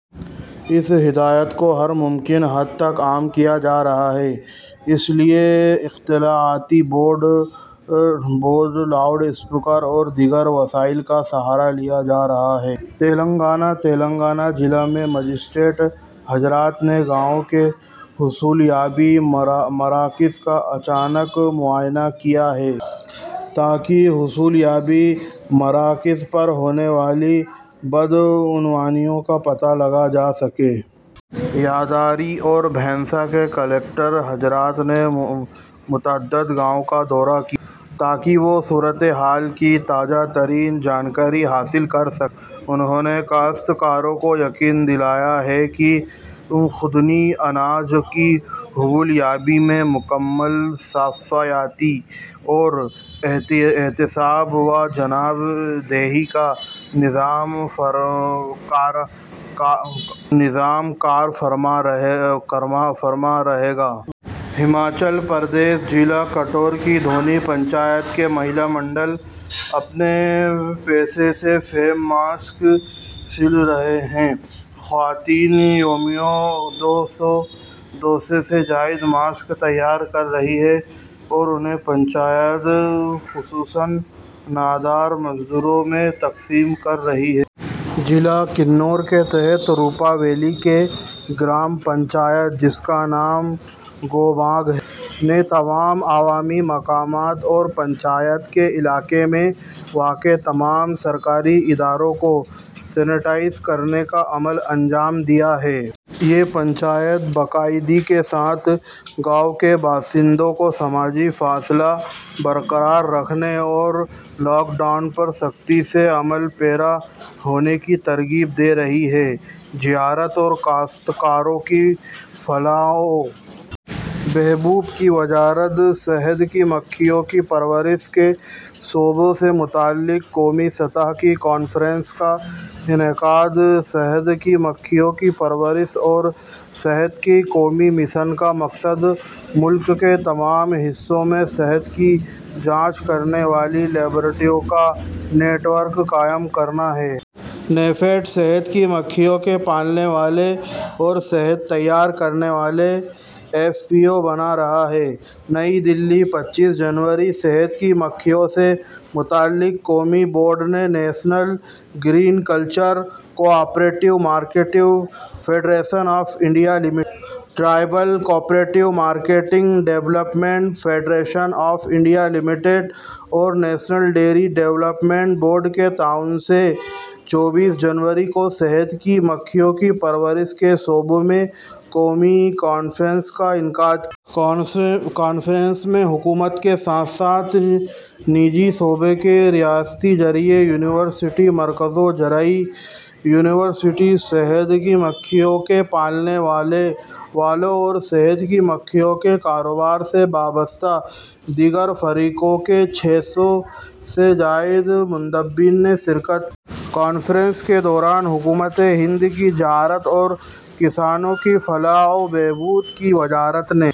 اس ہدایت کو ہر ممکن حد تک عام کیا جا رہا ہے۔ اس کے لیے اطلاعاتی بورڈ، لاؤڈ اسپیکروں اور دیگر وسائل کا سہارا لیا جا رہا ہے۔ تلنگانہ: تلنگانہ میں ضلع مجسٹریٹ حضرات نے گاؤں کے حصولیابی مراکز کا اچانک معائنہ کیا ہے، تاکہ حصولیابی مراکز پر ہونے والی بدعنوانیوں کا پتہ لگایا جا سکے۔ یداری اور بھینسا کے کلکٹر حضرات نے متعدد گاؤں کا دورہ کیا ہے، تاکہ وہ صورتحال کی تازہ ترین جانکاری حاصل کر سکیں۔ انہوں نے کاشتکاروں کو یقین دلایا ہے کہ خوردنی اناج کی حصولیابی میں مکمل شفافیت اور احتساب و جواب دہی کا نظام کارفرما رہے گا۔ ہماچل پردیش: ضلع کنّور کی دُونی پنچایت کے مہیلا منڈل اپنے پیسے سے فیس ماسک سل رہے ہیں۔ یہ خواتین یومیہ دو سو سے زائد ماسک تیار کر رہی ہیں اور انہیں پنچایت، خصوصاً نادار مزدوروں میں تقسیم کر رہی ہیں۔ ضلع کنّور کے تحت روپا ویلی کی گرام پنچایت، جس کا نام گوبانگ ہے، نے تمام عوامی مقامات اور پنچایت کے علاقے میں واقع تمام سرکاری اداروں کو سینیٹائز کرنے کا عمل انجام دیا ہے۔ یہ پنچایت باقاعدگی کے ساتھ گاؤں کے باشندوں کو سماجی فاصلہ برقرار رکھنے اور لاک ڈاؤن پر سختی سے عمل پیرا ہونے کی ترغیب دے رہی ہے۔ زراعت اور کاشتکاروں کی فلاح و بہبود کی وزارت شہد کی مکھیوں کی پرورش کے شعبے سے متعلق قومی سطح کی کانفرنس کا انعقاد شہد کی مکھیوں کی پرورش اور شہد کے قومی مشن کا مقصد ملک کے تمام حصوں میں شہد کی جانچ کرنے والی لیبارٹریوں کا نیٹ ورک قائم کرنا ہے۔ نیفیڈ شہد کی مکھیوں کے پالنے والوں اور شہد تیار کرنے والوں کے پینسٹھ ایف پی او بنا رہا ہے۔ نئی دہلی، پچیس جنوری: شہد کی مکھیوں سے متعلق قومی بورڈ نے national agricultural cooperative marketing federation of India limited, tribal cooperative marketing development federation of India limited اور نیشنل ڈیری ڈیولپمنٹ بورڈ کے تعاون سے چوبیس جنوری کو شہد کی مکھیوں کی پرورش کے شعبے میں قومی کانفرنس کا انعقاد کیا۔ کانفرنس میں حکومت کے ساتھ ساتھ نجی شعبے، ریاستی زرعی یونیورسٹیوں، مرکزی زرعی یونیورسٹیوں، شہد کی مکھیوں کے پالنے والوں اور شہد کی مکھیوں کے کاروبار سے وابستہ دیگر فریقوں کے چھ سو سے زائد مندوبین نے شرکت کی۔ کانفرنس کے دوران حکومتِ ہند کی زراعت اور کسانوں کی فلاح و بہبود کی وزارت نے